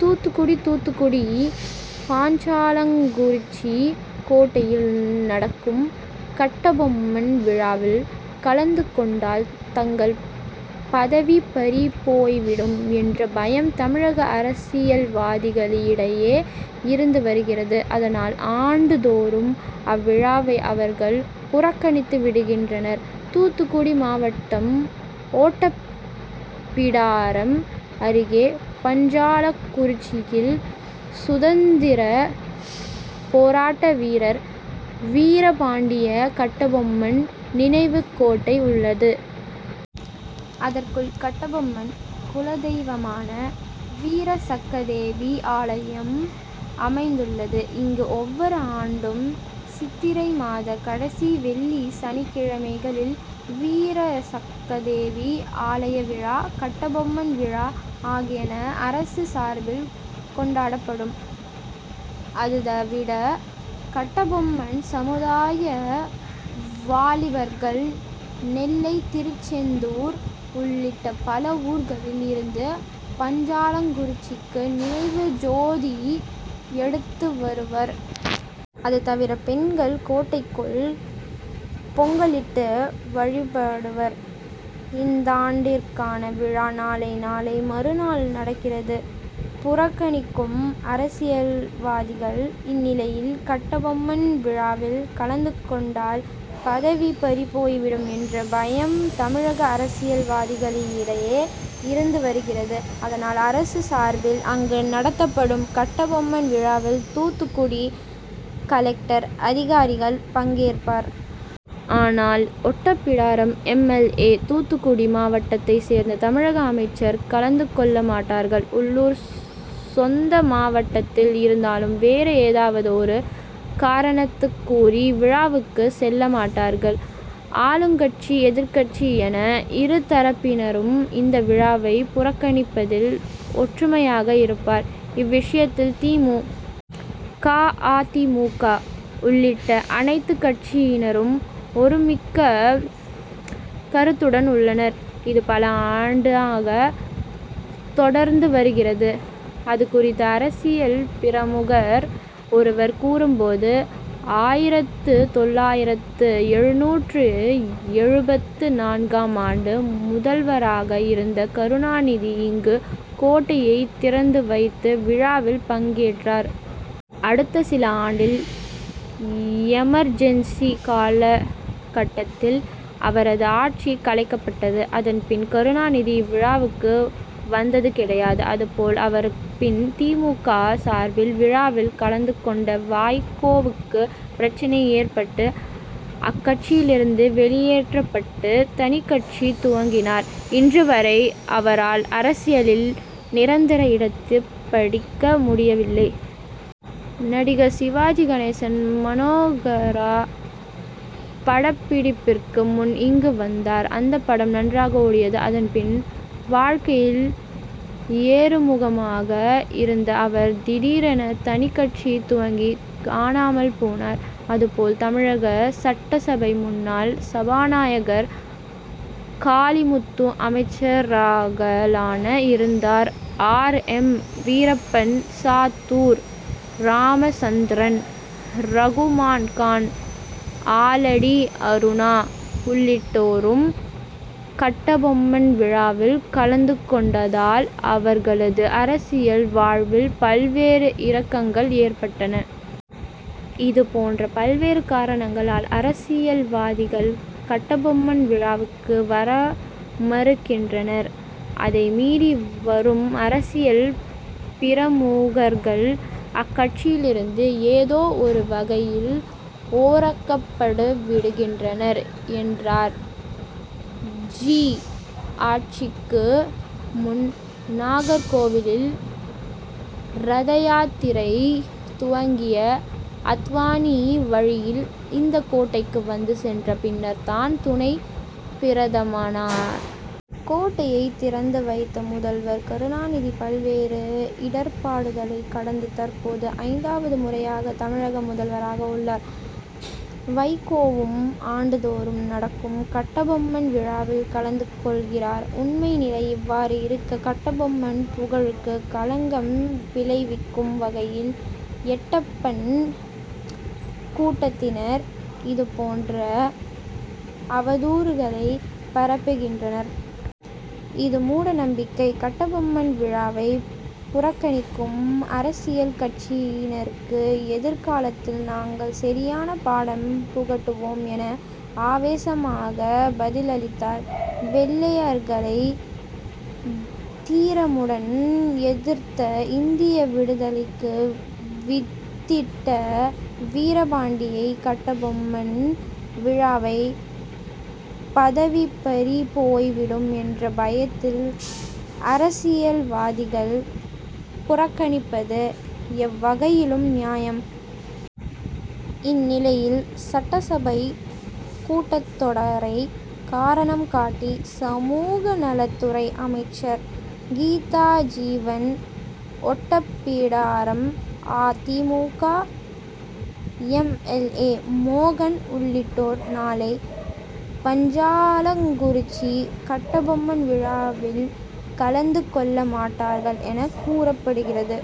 தூத்துக்குடி தூத்துக்குடி பாஞ்சாலங்குறிச்சி கோட்டையில் நடக்கும் கட்டபொம்மன் விழாவில் கலந்து கொண்டால் தங்கள் பதவி பறிபோய்விடும் என்ற பயம் தமிழக அரசியல்வாதிகளிடையே இருந்து வருகிறது. அதனால் ஆண்டுதோறும் அவ்விழாவை அவர்கள் புறக்கணித்துவிடுகின்றனர். தூத்துக்குடி மாவட்டம் ஓட்டப்பிடாரம் அருகே பஞ்சாலங்குறிச்சியில் சுதந்திர போராட்ட வீரர் வீரபாண்டிய கட்டபொம்மன் நினைவுக்கோட்டை உள்ளது. அதற்குள் கட்டபொம்மன் குலதெய்வமான வீரசக்கதேவி ஆலயம் அமைந்துள்ளது. இங்கு ஒவ்வொரு ஆண்டும் சித்திரை மாத கடைசி வெள்ளி சனிக்கிழமைகளில் வீரசக்கதேவி ஆலய விழா கட்டபொம்மன் விழா ஆகியன அரசு சார்பில் கொண்டாடப்படும். அதுதவிர கட்டபொம்மன் சமுதாய வாலிபர்கள் நெல்லை திருச்செந்தூர் உள்ளிட்ட பல ஊர்களில் இருந்து பஞ்சாலங்குறிச்சிக்கு நினைவு ஜோதி எடுத்துவருவர். அதுதவிர பெண்கள் கோட்டைக்குள் பொங்கலிட்டு வழிபடுவர். இந்தாண்டிற்கான விழா நாளை நாளை மறுநாள் நடக்கிறது. புறக்கணிக்கும் அரசியல்வாதிகள் இந்நிலையில் கட்டபொம்மன் விழாவில் கலந்துகொண்டால் பதவி பறிபோய்விடும் என்ற பயம் தமிழக அரசியல்வாதிகளிடையே இருந்துவருகிறது. அதனால் அரசு சார்பில் அங்கு நடத்தப்படும் கட்டபொம்மன் விழாவில் தூத்துக்குடி கலெக்டர் அதிகாரிகள் பங்கேற்பர். ஆனால் Ottapidaram M. L. A. Thoothukudi மாவட்டத்தைச் சேர்ந்த தமிழக அமைச்சர் கலந்துகொள்ளமாட்டார்கள். உள்ளூர் சொந்த மாவட்டத்தில் இருந்தாலும் வேறு ஏதாவது ஒரு காரணத்தைக்கூறி விழாவுக்கு செல்லமாட்டார்கள். ஆளுங்கட்சி எதிர்க்கட்சி என இருதரப்பினரும் இந்த விழாவை புறக்கணிப்பதில் ஒற்றுமையாக இருப்பர். இவ்விஷயத்தில் தி. மு. க. அ. தி. மு. க. உள்ளிட்ட அனைத்துக்கட்சியினரும் ஒருமிக்க கருத்துடன் உள்ளனர். இது பல ஆண்டாக தொடர்ந்துவருகிறது. அதுகுறித்து அரசியல் பிரமுகர் ஒருவர் கூறும்போது ஆயிரத்து தொள்ளாயிரத்து எழுநூற்று எழுபத்து நான்காம் ஆண்டு முதல்வராக இருந்த கருணாநிதி இங்கு கோட்டையை திறந்துவைத்து விழாவில் பங்கேற்றார். அடுத்த சில ஆண்டில் எமர்ஜென்சி காலகட்டத்தில் அவரது ஆட்சி கலைக்கப்பட்டது. அதன்பின் கருணாநிதி இவ்விழாவுக்கு வந்தது கிடையாது. அதுபோல அவருக்குப்பின் தி. மு. க. சார்பில் விழாவில் கலந்துகொண்ட வைகோவுக்கு பிரச்னை ஏற்பட்டு அக்கட்சியிலிருந்து வெளியேற்றப்பட்டு தனிக்கட்சி துவங்கினார். இன்று வரை அவரால் அரசியலில் நிரந்தர இடத்துப்படிக்க முடியவில்லை. நடிகர் சிவாஜி கணேசன் மனோகரா படப்பிடிப்பிற்கு முன் இங்கு வந்தார். அந்த படம் நன்றாக ஓடியது. அதன்பின் வாழக்கையில் ஏறுமுகமாக இருந்த அவர் திடீரென தனிக்கட்சி துவங்கி காணாமல் போனார். அதுபோல தமிழக சட்டசபை முன்னாள் சபாநாயகர் காளிமுத்து அமைச்சர்களாக இருந்த ஆர். எம். வீரப்பன் சாத்தூர் ராமச்சந்திரன் ரகுமான்கான் ஆலடி அருணா உள்ளிட்டோரும் கட்டபொம்மன் விழாவில் கலந்துகொண்டதால் அவர்களது அரசியல் வாழ்வில் பல்வேறு இறக்கங்கள் ஏற்பட்டன. இதுபோன்ற பல்வேறு காரணங்களால் அரசியல்வாதிகள் கட்டபொம்மன் விழாவுக்கு வரமறுக்கின்றனர். அதைமீறி வரும் அரசியல் பிரமுகர்கள் அக்கட்சியிலிருந்து ஏதோ ஒரு வகையில் ஓரங்கப்பட்டுவிடுகின்றனர் என்றார். ஜ. ஆட்சிக்கு முன் நாகர்கோவிலில் ரதயாத்திரை துவங்கிய அத்வானி வழியில் இந்த கோட்டைக்கு வந்து சென்ற பின்னர் தான் துணை பிரதமரானார். கோட்டையை திறந்துவைத்த முதல்வர் கருணாநிதி பல்வேறு இடர்பாடுகளை கடந்து தற்போது ஐந்தாவது முறையாக தமிழக முதல்வராக உள்ளார். வைகோவும் ஆண்டுதோறும் நடக்கும் கட்டபொம்மன் விழாவில் கலந்து கொள்கிறார். உண்மை நிலை இவ்வாறு இருக்க கட்டபொம்மன் புகழுக்கு களங்கம் விளைவிக்கும் வகையில் எட்டப்பன் கூட்டத்தினர் இதுபோன்ற அவதூறுகளை பரப்புகின்றனர். இது மூட நம்பிக்கை. கட்டபொம்மன் விழாவை புறக்கணிக்கும் அரசியல் கட்சியினருக்கு எதிர்காலத்தில் நாங்கள் சரியான பாடம் புகட்டுவோம் என ஆவேசமாக பதிலளித்தார். வெள்ளையர்களை தீரமுடன் எதிர்த்து இந்திய விடுதலைக்கு வித்திட்ட வீரபாண்டிய கட்டபொம்மன் விழாவை பதவி பறிபோய்விடும் என்ற பயத்தில் அரசியல்வாதிகள் புறக்கணிப்பது எவ்வகையிலும் நியாயம். இந்நிலையில் சட்டசபை கூட்டத்தொடரை காரணம் காட்டி சமூகநலத்துறை அமைச்சர் கீதாஜீவன் ஒட்டப்பிடாரம் அ. தி. மு. க. எம். எல். ஏ. மோகன் உள்ளிட்டோர் நாளை பாஞ்சாலங்குறிச்சி கட்டபொம்மன் விழாவில் கலந்துகொள்ளமாட்டார்கள் என கூறப்படுகிறது.